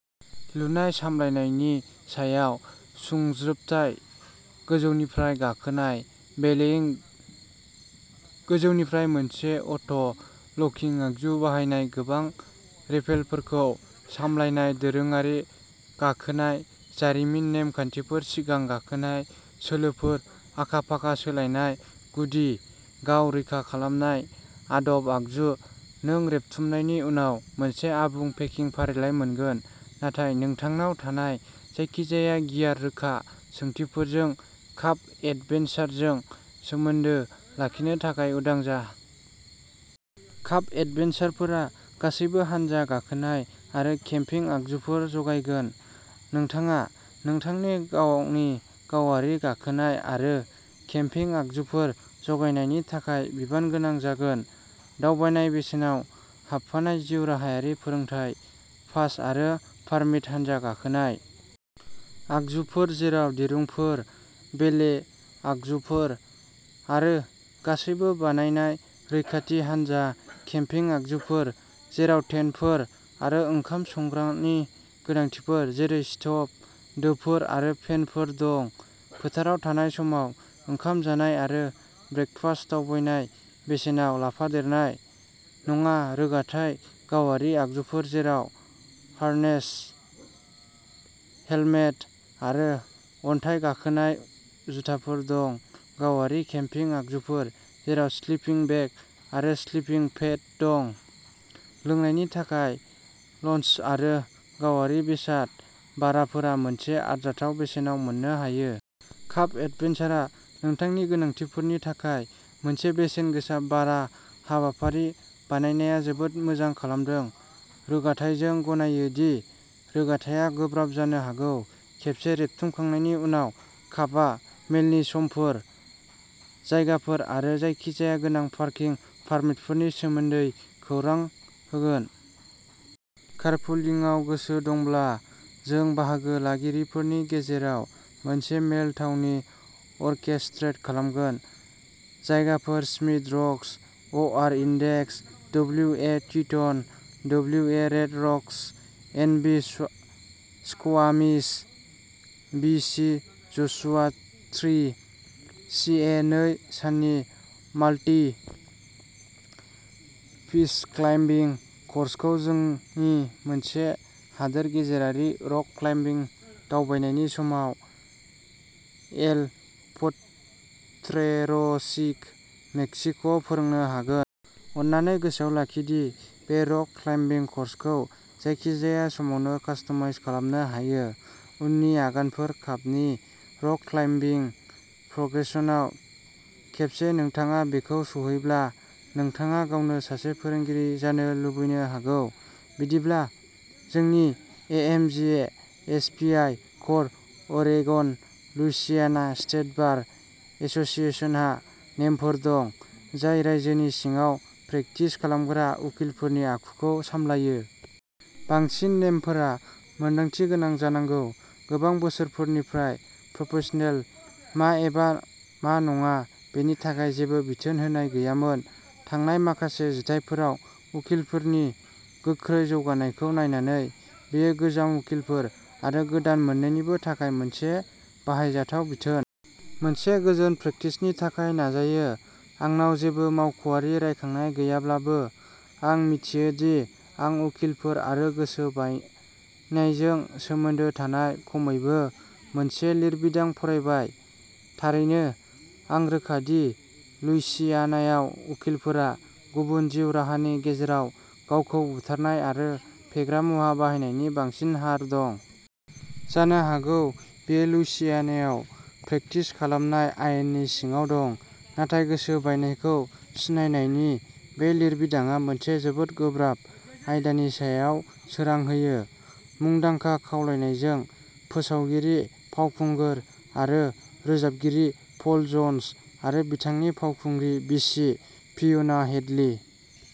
लुनाय सामलायनायनि सायाव सुंज्रोबथाय गोजौनिफ्राय गाखोनाय बेलेइं गोजौनिफ्राय मोनसे अट' लकिं आगजु बाहायनाय गोबां रेपेलफोरखौ सामलायनाय दोरोङारि गाखोनाय जारिमिन नेम खान्थिफोर सिगां गाखोनाय सोलोफोर आखा-फाखा सोलायनाय गुदि गाव-रैखा खालामनाय आदब आगजु नों रेबथुमनायनि उनाव मोनसे आबुं पेकिं फारिलाइ मोनगोन, नाथाय नोंथांनाव थानाय जायखिजाया गियार रोखा सोंथिफोरजों काफ एडभेन्चारजों सोमोन्दो लाखिनो थाखाय उदां जा। काफ एडभेन्चारफोरा गासैबो हानजा गाखोनाय आरो केम्पिं आगजुफोर जगायगोन। नोंथाङा नोंथांनि गावनि गावारि गाखोनाय आरो केम्पिं आगजुफोर जगायनायनि थाखाय बिबान गोनां जागोन। दावबायनाय बेसेनाव हाबफानाय जिउ राहायारि फोरोंथाय पास आरो पारमिट हानजा गाखोनाय आगजुफोर जेराव दिरुंफोर, बेले आगजुफोर, आरो गासैबो बानायनाय रैखाथि हानजा केम्पिं आगजुफोर जेराव टेन्टफोर आरो ओंखाम संग्रानि गोनांथिफोर जेरै स्ट'भ, दोफोर आरो पेनफोर दं, फोथाराव थानाय समाव ओंखाम जानाय आरो ब्रेकफास्ट दावबायनाय बेसेनाव लाफादेरनाय नङा रोगाथाय गावारि आगजुफोर जेराव हार्नेस, हेलमेट, आरो अन्थाइ गाखोनाय जुथाफोर दं, गावारि केम्पिं आगजुफोर जेराव स्लिपिं बेग आरो स्लिपिं पेड दं, लोंनायनि थाखाय लञ्च आरो गावारि बेसाद भाराफोरा मोनसे आरजाथाव बेसेनाव मोननो हायो। काफ एडभेन्चारआ नोंथांनि गोनांथिफोरनि थाखाय मोनसे बेसेनगोसा भारा हाबाफारि बानायनाया जोबोद मोजां खालामदों। रोगाथाइ जों गनायो दि रोगाथाइआ गोब्राब जानो हागौ। खेबसे रेबथुमखांनायनि उनाव, काफआ मेलनि समफोर, जायगाफोर आरो जायखिजाया गोनां पार्किं पारमिटफोरनि सोमोन्दै खौरां होगोन। कारपुलिंआव गोसो दंब्ला, जों बाहागो लागिरिफोरनि गेजेराव मोनसे मेल थावनि अरकेस्ट्रेट खालामगोन। जायगाफोर Smith Rocks, O R Index, W A Teton, W A Red Rocks, N V Squamish, B C Joshua Tree, C A नै साननि माल्टि पिच क्लाइम्बिं क'र्सखौ जोंनि मोनसे हादोर गेजेरारि रक क्लाइम्बिं दावबायनायनि समाव एल प'ट्रेर'चिक, मेक्सिक'आव फोरोंनो हागोन। अन्नानै गोसोआव लाखि दि बे रक क्लाइम्बिं क'र्सखौ जायखिजाया समावनो कास्टमाइज खालामनो हायो। उननि आगानफोर काफनि रक क्लाइम्बिं प्रग्रेसनआव खेबसे नोंथाङा बेखौ सौहैब्ला, नोंथाङा गावनो सासे फोरोंगिरि जानो लुबैनो हागौ। बिदिब्ला, जोंनि AMGA SPI course Oregon Louisiana state bar एस'सिएशनहा नेमफोर दं जाय रायजोनि सिङाव प्रेक्टिस खालामग्रा उखिलफोरनि आखुखौ सामलायो। बांसिन नेमफोरा मोनदांथि गोनां जानांगौ। गोबां बोसोरफोरनिफ्राय प्रफेसनेल मा एबा मा नङा बेनि थाखाय जेबो बिथोन होनाय गैयामोन। थांनाय माखासे जिथाइफोराव उखिलफोरनि गोख्रै जौगानायखौ नायनानै, बेयो गोजाम उखिलफोर आरो गोदान मोन्नैनिबो थाखाय मोनसे बाहायजाथाव बिथोन। मोनसे गोजोन प्रेक्टिसनि थाखाय नाजायो। आंनाव जेबो मावख'आरि रायखांनाय गैयाब्लाबो, आं मिथियो दि आं उखिलफोर आरो गोसो बायनायजों सोमोन्दो थानाय खमैबो मोनसे लिरबिदां फरायबाय। थारैनो, आं रोखा दि लुइसियानायाव उखिलफोरा गुबुन जिउ राहानि गेजेराव गावखौ बुथारनाय आरो फेग्रा मुवा बाहायनायनि बांसिन हार दं। जानो हागौ बेयो लुइसियानायाव प्रेक्टिस खालामनाय आयेननि सिङाव दं, नाथाय गोसो बायनायखौ सिनायनायनि बे लिरबिदांआ मोनसे जोबोद गोब्राब आयदानि सायाव सोरां होयो। मुंदांखा खावलायनायजों, फोसावगिरि, फावखुंगुर आरो रोजाबगिरि पल जन्स, आरो बिथांनि फावखुंग्रि बिसि फिय'ना हेडलि,